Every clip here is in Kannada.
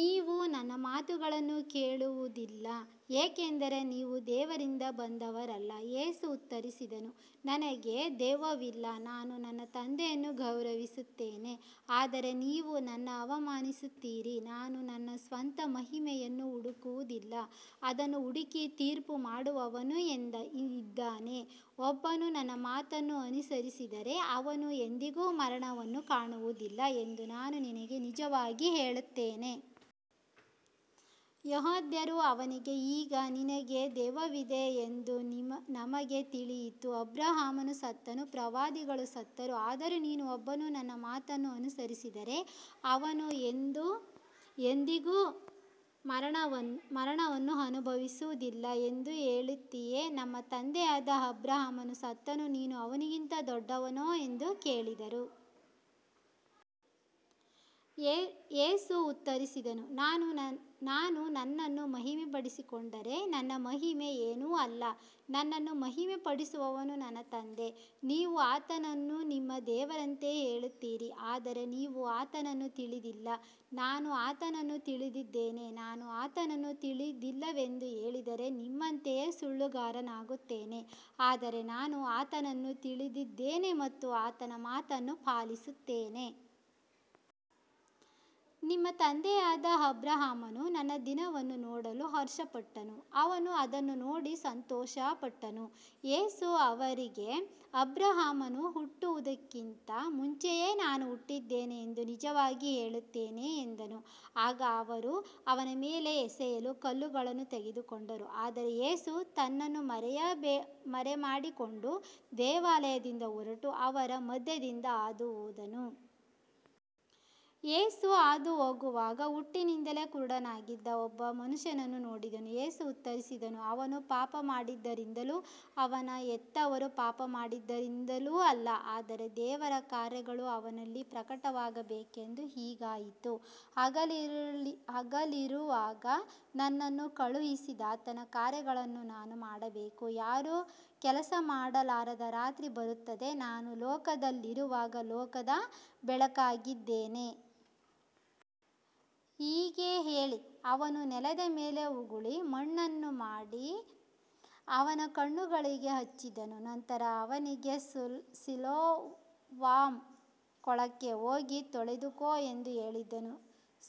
ನೀವು ನನ್ನ ಮಾತುಗಳನ್ನು ಕೇಳುವುದಿಲ್ಲ, ಏಕೆಂದರೆ ನೀವು ದೇವರಿಂದ ಬಂದವರಲ್ಲ. ಯೇಸು ಉತ್ತರಿಸಿದನು, ನನಗೆ ದೆವ್ವವಿಲ್ಲ, ನಾನು ನನ್ನ ತಂದೆಯನ್ನು ಗೌರವಿಸುತ್ತೇನೆ, ಆದರೆ ನೀವು ನನ್ನನ್ನು ಅವಮಾನಿಸುತ್ತೀರಿ. ನಾನು ನನ್ನ ಸ್ವಂತ ಮಹಿಮೆಯನ್ನು ಹುಡುಕುವುದಿಲ್ಲ, ಅದನ್ನು ಹುಡುಕಿ ತೀರ್ಪುಮಾಡುವವನು ಇದ್ದಾನೆ. ಒಬ್ಬನು ನನ್ನ ಮಾತನ್ನು ಅನುಸರಿಸಿದರೆ ಅವನು ಎಂದಿಗೂ ಮರಣವನ್ನು ಕಾಣುವುದಿಲ್ಲ ಎಂದು ನಾನು ನಿಮಗೆ ನಿಜವಾಗಿ ಹೇಳುತ್ತೇನೆ. ಯೆಹೂದ್ಯರು ಅವನಿಗೆ, ಈಗ ನಿನಗೆ ದೆವ್ವವಿದೆ ಎಂದು ನಮಗೆ ತಿಳಿಯಿತು. ಅಬ್ರಹಾಮನು ಸತ್ತನು, ಪ್ರವಾದಿಗಳೂ ಸತ್ತರು, ಆದರೂ ನೀನು, ಒಬ್ಬನು ನನ್ನ ಮಾತನ್ನು ಅನುಸರಿಸಿದರೆ ಅವನು ಎಂದಿಗೂ ಮರಣವನ್ನು ಅನುಭವಿಸುವುದಿಲ್ಲ ಎಂದು ಹೇಳುತ್ತೀಯೆ. ನಮ್ಮ ತಂದೆಯಾದ ಅಬ್ರಹಾಮನು ಸತ್ತನು, ನೀನು ಅವನಿಗಿಂತ ದೊಡ್ಡವನೋ ಎಂದು ಕೇಳಿದರು. ಯೇಸು ಉತ್ತರಿಸಿದನು, ನಾನು ನನ್ನನ್ನು ಮಹಿಮೆಪಡಿಸಿಕೊಂಡರೆ ನನ್ನ ಮಹಿಮೆ ಏನೂ ಅಲ್ಲ, ನನ್ನನ್ನು ಮಹಿಮೆಪಡಿಸುವವನು ನನ್ನ ತಂದೆ. ನೀವು ಆತನನ್ನು ನಿಮ್ಮ ದೇವರೆಂದು ಹೇಳುತ್ತೀರಿ, ಆದರೆ ನೀವು ಆತನನ್ನು ತಿಳಿದಿಲ್ಲ, ನಾನು ಆತನನ್ನು ತಿಳಿದಿದ್ದೇನೆ. ನಾನು ಆತನನ್ನು ತಿಳಿದಿಲ್ಲವೆಂದು ಹೇಳಿದರೆ ನಿಮ್ಮಂತೆಯೇ ಸುಳ್ಳುಗಾರನಾಗುತ್ತೇನೆ, ಆದರೆ ನಾನು ಆತನನ್ನು ತಿಳಿದಿದ್ದೇನೆ ಮತ್ತು ಆತನ ಮಾತನ್ನು ಪಾಲಿಸುತ್ತೇನೆ. ನಿಮ್ಮ ತಂದೆಯಾದ ಅಬ್ರಹಾಮನು ನನ್ನ ದಿನವನ್ನು ನೋಡಲು ಹರ್ಷಪಟ್ಟನು, ಅವನು ಅದನ್ನು ನೋಡಿ ಸಂತೋಷಪಟ್ಟನು. ಯೇಸು ಅವರಿಗೆ, ಅಬ್ರಹಾಮನು ಹುಟ್ಟುವುದಕ್ಕಿಂತ ಮುಂಚೆಯೇ ನಾನು ಇದ್ದೇನೆ ಎಂದು ನಿಜವಾಗಿ ಹೇಳುತ್ತೇನೆ ಎಂದನು. ಆಗ ಅವರು ಅವನ ಮೇಲೆ ಎಸೆಯಲು ಕಲ್ಲುಗಳನ್ನು ತೆಗೆದುಕೊಂಡರು, ಆದರೆ ಯೇಸು ತನ್ನನ್ನು ಮರೆಮಾಡಿಕೊಂಡು ದೇವಾಲಯದಿಂದ ಹೊರಟು ಅವರ ಮಧ್ಯದಿಂದ ಹಾದುಹೋದನು. ಯೇಸು ಹಾದುಹೋಗುವಾಗ ಹುಟ್ಟಿನಿಂದಲೇ ಕುರುಡನಾಗಿದ್ದ ಒಬ್ಬ ಮನುಷ್ಯನನ್ನು ನೋಡಿದನು. ಯೇಸು ಉತ್ತರಿಸಿದನು, ಅವನು ಪಾಪಮಾಡಿದ್ದರಿಂದಲೂ ಅವನ ಹೆತ್ತವರು ಪಾಪಮಾಡಿದ್ದರಿಂದಲೂ ಅಲ್ಲ, ಆದರೆ ದೇವರ ಕಾರ್ಯಗಳು ಅವನಲ್ಲಿ ಪ್ರಕಟವಾಗಬೇಕೆಂದು ಹೀಗಾಯಿತು. ಹಗಲಿರುವಾಗ ನನ್ನನ್ನು ಕಳುಹಿಸಿದಾತನ ಕಾರ್ಯಗಳನ್ನು ನಾವು ಮಾಡಬೇಕು, ಯಾರೂ ಕೆಲಸಮಾಡಲಾರದ ರಾತ್ರಿ ಬರುತ್ತದೆ. ನಾನು ಲೋಕದಲ್ಲಿರುವಾಗ ಲೋಕದ ಬೆಳಕಾಗಿದ್ದೇನೆ. ಹೀಗೆ ಹೇಳಿ ಅವನು ನೆಲದ ಮೇಲೆ ಉಗುಳಿ, ಮಣ್ಣನ್ನು ಮಾಡಿ ಅವನ ಕಣ್ಣುಗಳಿಗೆ ಹಚ್ಚಿದನು. ನಂತರ ಅವನಿಗೆ, ಸಿಲೋವಾಮ್ ಕೊಳಕ್ಕೆ ಹೋಗಿ ತೊಳೆದುಕೋ ಎಂದು ಹೇಳಿದನು.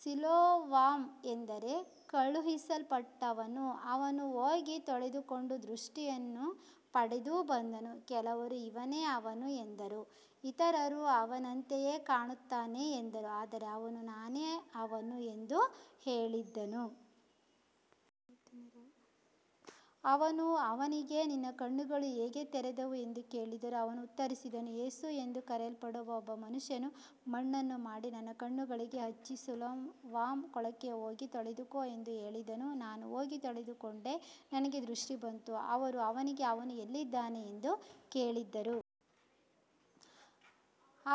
ಸಿಲೋವಾಮ್ ಎಂದರೆ ಕಳುಹಿಸಲ್ಪಟ್ಟವನು. ಅವನು ಹೋಗಿ ತೊಳೆದುಕೊಂಡು ದೃಷ್ಟಿಯನ್ನು ಪಡೆದು ಬಂದನು. ಕೆಲವರು, ಇವನೇ ಅವನು ಎಂದರು, ಇತರರು, ಅವನಂತೆಯೇ ಕಾಣುತ್ತಾನೆ ಎಂದರು, ಆದರೆ ಅವನು, ನಾನೇ ಅವನು ಎಂದು ಹೇಳಿದನು. ಅವರು ಅವನಿಗೆ, ನಿನ್ನ ಕಣ್ಣುಗಳು ಹೇಗೆ ತೆರೆದವು ಎಂದು ಕೇಳಿದರು. ಅವನು ಉತ್ತರಿಸಿದನು, ಯೇಸು ಎಂದು ಕರೆಯಲ್ಪಡುವ ಒಬ್ಬ ಮನುಷ್ಯನು ಮಣ್ಣನ್ನು ಮಾಡಿ ನನ್ನ ಕಣ್ಣುಗಳಿಗೆ ಹಚ್ಚಿ, ಸಿಲೋವಾಮ್ ಕೊಳಕ್ಕೆ ಹೋಗಿ ತೊಳೆದುಕೋ ಎಂದು ಹೇಳಿದನು. ನಾನು ಹೋಗಿ ತೊಳೆದುಕೊಂಡೆ, ನನಗೆ ದೃಷ್ಟಿ ಬಂತು. ಅವರು ಅವನಿಗೆ, ಅವನು ಎಲ್ಲಿದ್ದಾನೆ ಎಂದು ಕೇಳಿದರು.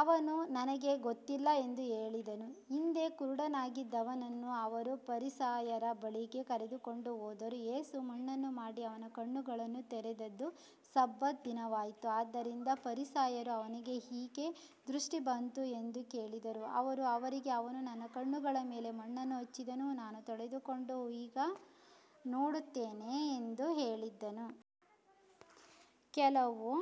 ಅವನು, ನನಗೆ ಗೊತ್ತಿಲ್ಲ ಎಂದು ಹೇಳಿದನು. ಹಿಂದೆ ಕುರುಡನಾಗಿದ್ದವನನ್ನು ಅವರು ಫರಿಸಾಯರ ಬಳಿಗೆ ಕರೆದುಕೊಂಡು ಹೋದರು. ಯೇಸು ಮಣ್ಣನ್ನು ಮಾಡಿ ಅವನ ಕಣ್ಣುಗಳನ್ನು ತೆರೆದದ್ದು ಸಬ್ಬತ್ ದಿನವಾಗಿತ್ತು. ಆದ್ದರಿಂದ ಫರಿಸಾಯರೂ ಅವನಿಗೆ ಹೇಗೆ ದೃಷ್ಟಿ ಬಂತು ಎಂದು ಕೇಳಿದರು. ಅವನು ಅವರಿಗೆ, ಅವನು ನನ್ನ ಕಣ್ಣುಗಳ ಮೇಲೆ ಮಣ್ಣನ್ನು ಹಚ್ಚಿದನು, ನಾನು ತೊಳೆದುಕೊಂಡು ಈಗ ನೋಡುತ್ತೇನೆ ಎಂದು ಹೇಳಿದನು. ಕೆಲವು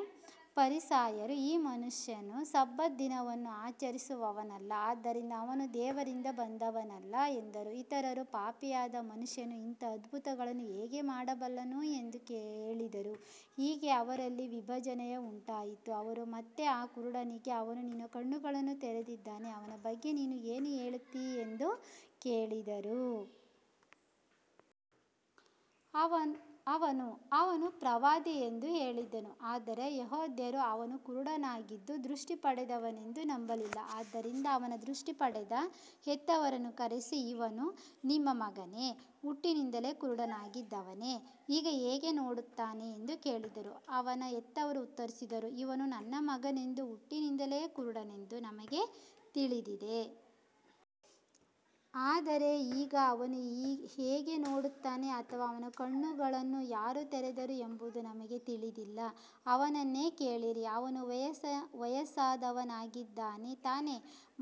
ಫರಿಸಾಯರು, ಈ ಮನುಷ್ಯನು ಸಬ್ಬತ್ ದಿನವನ್ನು ಆಚರಿಸುವವನಲ್ಲ, ಆದ್ದರಿಂದ ಅವನು ದೇವರಿಂದ ಬಂದವನಲ್ಲ ಎಂದರು. ಇತರರು, ಪಾಪಿಯಾದ ಮನುಷ್ಯನು ಇಂಥ ಅದ್ಭುತಗಳನ್ನು ಹೇಗೆ ಮಾಡಬಲ್ಲನು ಎಂದು ಹೇಳಿದರು. ಹೀಗೆ ಅವರಲ್ಲಿ ವಿಭಜನೆ ಉಂಟಾಯಿತು. ಅವರು ಮತ್ತೆ ಆ ಕುರುಡನಿಗೆ, ಅವನು ನಿನ್ನ ಕಣ್ಣುಗಳನ್ನು ತೆರೆದಿದ್ದಾನೆ, ಅವನ ಬಗ್ಗೆ ನೀನು ಏನು ಹೇಳುತ್ತೀ ಎಂದು ಕೇಳಿದರು. ಅವನು, ಅವನು ಪ್ರವಾದಿ ಎಂದು ಹೇಳಿದನು. ಆದರೆ ಯೆಹೂದ್ಯರು ಅವನು ಕುರುಡನಾಗಿದ್ದು ದೃಷ್ಟಿ ಪಡೆದನೆಂದು ನಂಬಲಿಲ್ಲ. ಆದ್ದರಿಂದ ಅವನ ದೃಷ್ಟಿ ಪಡೆದ ಹೆತ್ತವರನ್ನು ಕರೆಸಿ, ಇವನು ನಿಮ್ಮ ಮಗನೇ, ಹುಟ್ಟಿನಿಂದಲೇ ಕುರುಡನಾಗಿದ್ದವನೇ, ಈಗ ಹೇಗೆ ನೋಡುತ್ತಾನೆ ಎಂದು ಕೇಳಿದರು. ಅವನ ಹೆತ್ತವರು ಉತ್ತರಿಸಿದರು, ಇವನು ನಮ್ಮ ಮಗನೆಂದೂ ಹುಟ್ಟಿನಿಂದಲೇ ಕುರುಡನೆಂದೂ ನಮಗೆ ತಿಳಿದಿದೆ. ಆದರೆ ಈಗ ಅವನು ಹೇಗೆ ನೋಡುತ್ತಾನೆ ಅಥವಾ ಅವನ ಕಣ್ಣುಗಳನ್ನು ಯಾರು ತೆರೆದರು ಎಂಬುದು ನಮಗೆ ತಿಳಿದಿಲ್ಲ. ಅವನನ್ನೇ ಕೇಳಿರಿ, ಅವನು ವಯಸ್ಸಾದವನಾಗಿದ್ದಾನೆ, ತಾನೇ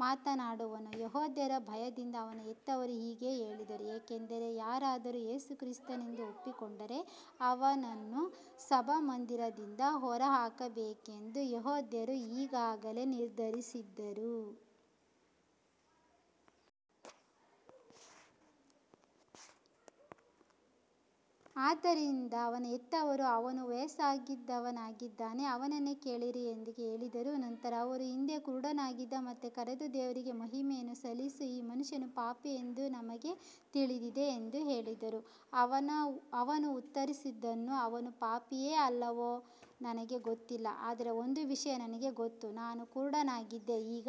ಮಾತನಾಡುವನು. ಯೆಹೂದ್ಯರ ಭಯದಿಂದ ಅವನ ಹೆತ್ತವರು ಹೀಗೆ ಹೇಳಿದರು, ಏಕೆಂದರೆ ಯಾರಾದರೂ ಯೇಸುವನ್ನು ಕ್ರಿಸ್ತನೆಂದು ಒಪ್ಪಿಕೊಂಡರೆ ಅವನನ್ನು ಸಭಾಮಂದಿರದಿಂದ ಹೊರಹಾಕಬೇಕೆಂದು ಯೆಹೂದ್ಯರು ಈಗಾಗಲೇ ನಿರ್ಧರಿಸಿದ್ದರು. ಆದ್ದರಿಂದ ಅವನ ಹೆತ್ತವರು, ಅವನು ವಯಸ್ಸಾದವನಾಗಿದ್ದಾನೆ, ಅವನನ್ನೇ ಕೇಳಿರಿ ಎಂದು ಹೇಳಿದರು. ನಂತರ ಅವರು ಹಿಂದೆ ಕುರುಡನಾಗಿದ್ದವನನ್ನು ಮತ್ತೆ ಕರೆದು, ದೇವರಿಗೆ ಮಹಿಮೆಯನ್ನು ಸಲ್ಲಿಸು, ಈ ಮನುಷ್ಯನು ಪಾಪಿ ಎಂದು ನಮಗೆ ತಿಳಿದಿದೆ ಎಂದು ಹೇಳಿದರು. ಅವನು ಉತ್ತರಿಸಿದನು, ಅವನು ಪಾಪಿಯೋ ಅಲ್ಲವೋ ನನಗೆ ಗೊತ್ತಿಲ್ಲ, ಆದರೆ ಒಂದು ವಿಷಯ ನನಗೆ ಗೊತ್ತು, ನಾನು ಕುರುಡನಾಗಿದ್ದೆ, ಈಗ ನೋಡುತ್ತೇನೆ.